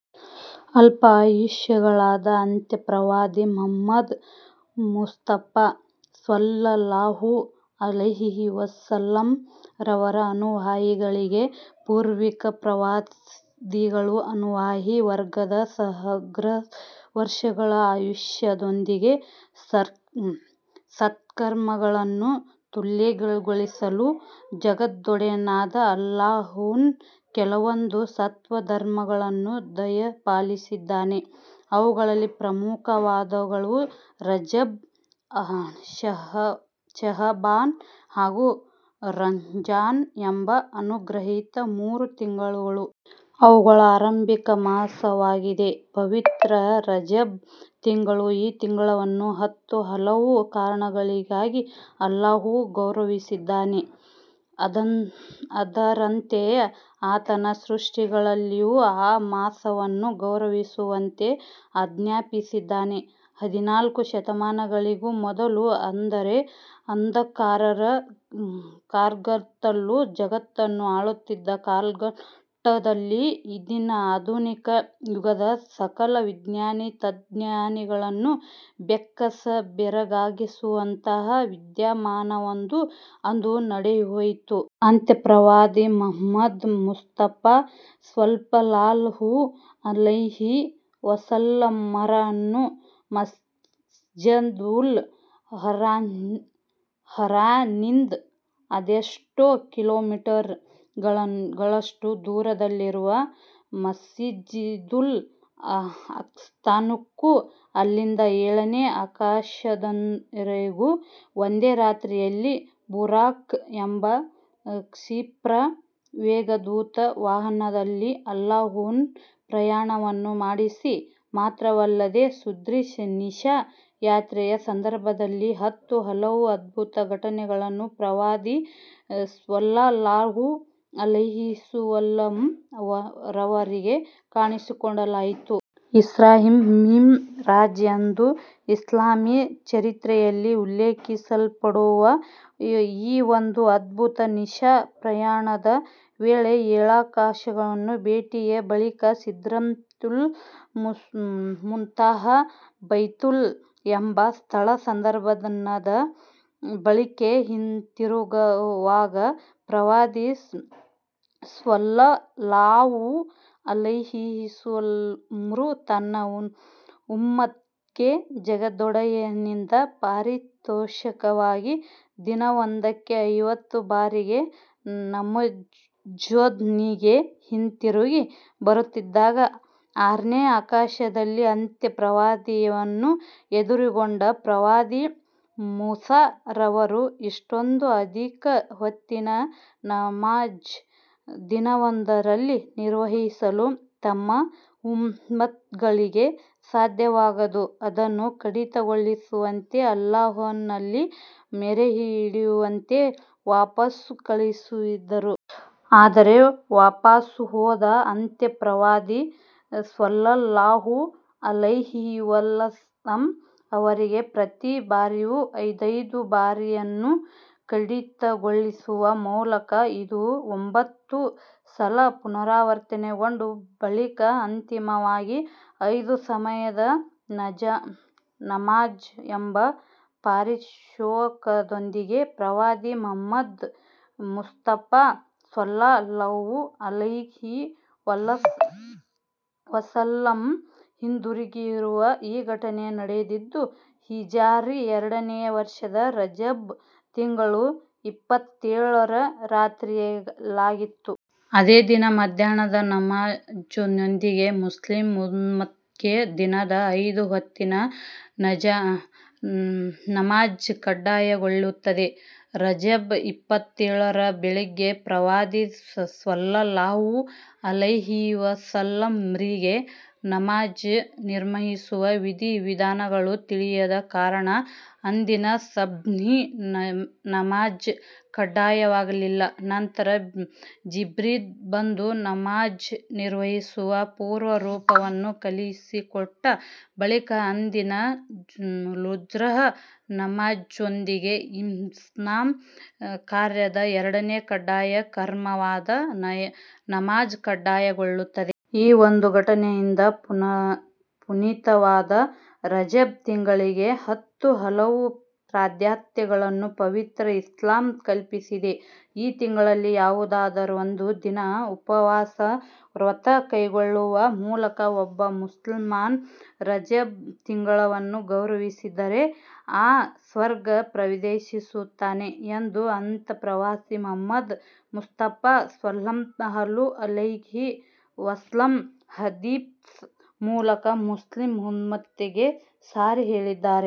ಅಲ್ಪಾಯುಷಿಗಳಾದ ಅಂತ್ಯ ಪ್ರವಾದಿ ಮುಹಮ್ಮದ್ ಮುಸ್ತಫಾ ಸ್ವಲ್ಲಲ್ಲಾಹು ಅಲೈಹಿವಸಲ್ಲಮ್ ರವರ ಅನುಯಾಯಿಗಳಿಗೆ ಪೂರ್ವಿಕ ಪ್ರವಾದಿಗಳ ಅನುಯಾಯಿ ವರ್ಗದ ಸಹಸ್ರ ವರ್ಷಗಳ ಆಯುಷ್ಯದೊಂದಿಗೆ ಸತ್ಕರ್ಮಗಳನ್ನು ತುಲ್ಯಗೊಳಿಸಲು ಜಗದೊಡೆಯನಾದ ಅಲ್ಲಾಹನು ಕೆಲವೊಂದು ಸತ್ಸಂದರ್ಭಗಳನ್ನು ದಯಪಾಲಿಸಿದ್ದಾನೆ. ಅವುಗಳಲ್ಲಿ ಪ್ರಮುಖವಾದವುಗಳು ರಜಬ್, ಶಅಬಾನ್ ಹಾಗೂ ರಂಝಾನ್ ಎಂಬ ಅನುಗ್ರಹೀತ ಮೂರು ತಿಂಗಳುಗಳು. ಅವುಗಳ ಆರಂಭಿಕ ಮಾಸವಾಗಿದೆ ಪವಿತ್ರ ರಜಬ್ ತಿಂಗಳು. ಈ ತಿಂಗಳನ್ನು ಹತ್ತು ಹಲವು ಕಾರಣಗಳಿಗಾಗಿ ಅಲ್ಲಾಹು ಗೌರವಿಸಿದ್ದಾನೆ. ಅದರಂತೆ ಆತನ ಸೃಷ್ಟಿಗಳಲ್ಲಿಯೂ ಆ ಮಾಸವನ್ನು ಗೌರವಿಸುವಂತೆ ಆಜ್ಞಾಪಿಸಿದ್ದಾನೆ. ಹದಿನಾಲ್ಕು ಶತಮಾನಗಳಿಗೂ ಮೊದಲು ಅಂದರೆ ಅಂಧಕಾರದ ಕಾರ್ಗತ್ತಲು ಜಗತ್ತನ್ನು ಆಳುತ್ತಿದ್ದ ಕಾಲಘಟ್ಟದಲ್ಲಿ ಇಂದಿನ ಆಧುನಿಕ ಯುಗದ ಸಕಲ ವಿಜ್ಞಾನಿ, ತತ್ವಜ್ಞಾನಿಗಳನ್ನೂ ಬೆಕ್ಕಸ ಬೆರಗಾಗಿಸುವಂತಹ ವಿದ್ಯಾಮಾನವೊಂದು ಅಂದು ನಡೆದುಹೋಯಿತು. ಅಂತ್ಯ ಪ್ರವಾದಿ ಮುಹಮ್ಮದ್ ಮುಸ್ತಫಾ ಸ್ವಲ್ಲಲ್ಲಾಹು ಅಲೈಹಿ ವಸಲ್ಲಮರನ್ನು ಮಸ್ಜಿದುಲ್ ಹರಾಂನಿಂದ ಅದೆಷ್ಟೋ ಕಿಲೋಮೀಟರ್ ಗಳಷ್ಟು ದೂರದಲ್ಲಿರುವ ಮಸ್ಜಿದುಲ್ ಅಖ್ಸಾಕ್ಕೂ, ಅಲ್ಲಿಂದ ಏಳನೇ ಆಕಾಶದವರೆಗೂ ಒಂದೇ ರಾತ್ರಿಯಲ್ಲಿ ಬುರಾಖ್ ಎಂಬ ಕ್ಷಿಪ್ರ ವೇಗದೂತ ವಾಹನದಲ್ಲಿ ಅಲ್ಲಾಹನು ಪ್ರಯಾಣವನ್ನು ಮಾಡಿಸಿದ, ಮಾತ್ರವಲ್ಲದೆ ಸದ್ರಿ ನಿಶಾ ಯಾತ್ರೆಯ ಸಂದರ್ಭದಲ್ಲಿ ಹತ್ತು ಹಲವು ಅದ್ಭುತ ಘಟನೆಗಳನ್ನು ಪ್ರವಾದಿ ಸ್ವಲ್ಲಲ್ಲಾಹು ಅಲೈಹಿವಸಲ್ಲಮ್ ರವರಿಗೆ ಕಾಣಿಸಿಕೊಡಲಾಯಿತು. ಇಸ್ರಾಅ್- ಮಿಅ್ ರಾಜ್ ಎಂದು ಇಸ್ಲಾಮೀ ಚರಿತ್ರೆಯಲ್ಲಿ ಉಲ್ಲೇಖಿಸಲ್ಪಡುವ ಈ ಒಂದು ಅದ್ಭುತ ನಿಶಾ ಪ್ರಯಾಣದ ವೇಳೆ ಏಳಾಕಾಶಗಳ ಭೇಟಿಯ ಬಳಿಕ ಸಿದ್ರತುಲ್ ಮುಂತಹಾ, ಬೈತುಲ್ ಎಂಬ ಸ್ಥಳ ಸಂದರ್ಶನದ ಬಳಿಕ ಹಿಂತಿರುಗುವಾಗ ಪ್ರವಾದಿ ಸ್ವಲ್ಲಲ್ಲಾಹು ಅಲೈಹಿವಸಲ್ಲಮ್ರು ತನ್ನ ಉಮ್ಮತ್ಗೆ ಜಗದೊಡೆಯನಿಂದ ಪಾರಿತೋಷಕವಾಗಿ ದಿನವೊಂದಕ್ಕೆ ಐವತ್ತು ಬಾರಿಯ ನಮಾಝ್ನೊಂದಿಗೆ ಹಿಂತಿರುಗಿ ಬರುತ್ತಿದ್ದಾಗ ಆರನೇ ಆಕಾಶದಲ್ಲಿ ಅಂತ್ಯ ಪ್ರವಾದಿಯವರನ್ನು ಎದುರುಗೊಂಡ ಪ್ರವಾದಿ ಮೂಸಾ ರವರು ಇಷ್ಟೊಂದು ಅಧಿಕ ಹೊತ್ತಿನ ನಮಾಝ್ ದಿನವೊಂದರಲ್ಲಿ ನಿರ್ವಹಿಸಲು ತಮ್ಮ ಉಮ್ಮತ್ಗಳಿಗೆ ಸಾಧ್ಯವಾಗದು ಅದನ್ನು ಕಡಿತಗೊಳಿಸುವಂತೆ ಅಲ್ಲಾಹನಲ್ಲಿ ಮೊರೆಯಿಡುವಂತೆ ವಾಪಾಸು ಕಳುಹಿಸಿದರು. ಆದರೆ ವಾಪಾಸು ಹೋದ ಅಂತ್ಯ ಪ್ರವಾದಿ ಸ್ವಲ್ಲಲ್ಲಾಹು ಅಲೈಹಿವಸಲ್ಲಮ್ ರವರಿಗೆ ಪ್ರತೀ ಬಾರಿಯೂ ಐದೈದು ಬಾರಿಯನ್ನು ಕಡಿತಗೊಳಿಸುವ ಮೂಲಕ ಇದು ಒಂಭತ್ತು ಸಲ ಪುನರಾವರ್ತನೆಗೊಂಡ ಬಳಿಕ ಅಂತಿಮವಾಗಿ ಐದು ಸಮಯದ ನಮಾಝ್ ಎಂಬ ಪಾರಿತೋಷಕದೊಂದಿಗೆ ಪ್ರವಾದಿ ಮುಹಮ್ಮದ್ ಮುಸ್ತಫಾ ಸ್ವಲ್ಲಲ್ಲಾಹು ಅಲೈಹಿ ವಸಲ್ಲಮ್ ಹಿಂದುರುಗಿದರು. ಈ ಘಟನೆ ನಡೆದದ್ದು ಹಿಜಿರಾ ಎರಡನೇ ವರ್ಷದ ರಜಬ್ ತಿಂಗಳ ಇಪ್ಪತ್ತೇಳರ ರಾತ್ರಿಯಲ್ಲಾಗಿತ್ತು. ಅದೇ ದಿನ ಮಧ್ಯಾಹ್ನದ ನಮಾಝ್ನೊಂದಿಗೆ ಮುಸ್ಲಿಂ ಉಮ್ಮತ್ಗೆ ದಿನದ ಐದು ಹೊತ್ತಿನ ನಮಾಝ್ ಕಡ್ಡಾಯಗೊಳ್ಳುತ್ತದೆ. ರಜಬ್ ಇಪ್ಪತ್ತೇಳರ ಬೆಳಿಗ್ಗೆ ಪ್ರವಾದಿ ಸ್ವಲ್ಲಲ್ಲಾಹು ಅಲೈಹಿವಸಲ್ಲಮ್ರಿಗೆ ನಮಾಝ್ ನಿರ್ವಹಿಸುವ ವಿಧಿ ವಿಧಾನಗಳು ತಿಳಿಯದ ಕಾರಣ ಅಂದಿನ ಸುಬ್ಹ್ ನಮಾಝ್ ಕಡ್ಡಾಯವಾಗಲಿಲ್ಲ. ನಂತರ ಜಿಬ್ರೀಲ್ ಬಂದು ನಮಾಝ್ ನಿರ್ವಹಿಸುವ ಪೂರ್ಣ ರೂಪವನ್ನು ಕಲಿಸಿಕೊಟ್ಟ ಬಳಿಕ ಅಂದಿನ ಲುಹ್ರ್ ನಮಾಝ್ನೊಂದಿಗೆ ಇಸ್ಲಾಮ್ ಕಾರ್ಯದ ಎರನೇ ಕಡ್ಡಾಯ ಕರ್ಮವಾದ ನಮಾಝ್ ಕಡ್ಡಾಯಗೊಳ್ಳುತ್ತದೆ. ಈ ಒಂದು ಘಟನೆಯಿಂದ ಪುನೀತವಾದ ರಜಬ್ ತಿಂಗಳಿಗೆ ಹತ್ತು ಹಲವು ಪ್ರಾಧಾನ್ಯತೆಗಳನ್ನು ಪವಿತ್ರ ಇಸ್ಲಾಂ ಕಲ್ಪಿಸಿದೆ. ಈ ತಿಂಗಳಲ್ಲಿ ಯಾವುದಾದರೊಂದು ದಿನ ಉಪವಾಸ ವ್ರತ ಕೈಗೊಳ್ಳುವ ಮೂಲಕ ಒಬ್ಬ ಮುಸಲ್ಮಾನ ರಜಬ್ ತಿಂಗಳನ್ನು ಗೌರವಿಸಿದರೆ ಆತ ಸ್ವರ್ಗ ಪ್ರವೇಶಿಸುತ್ತಾನೆ ಎಂದು ಅಂತ್ಯ ಪ್ರವಾದಿ ಮುಹಮ್ಮದ್ ಮುಸ್ತಫಾ ಸ್ವಲ್ಲಲ್ಲಾಹು ಅಲೈಹಿ ವಸಲ್ಲಂ ಹದೀಸ್ ಮೂಲಕ ಮುಸ್ಲಿಂ ಉಮ್ಮತ್ಗೆ ಸಾರಿ ಹೇಳಿದ್ದಾರೆ.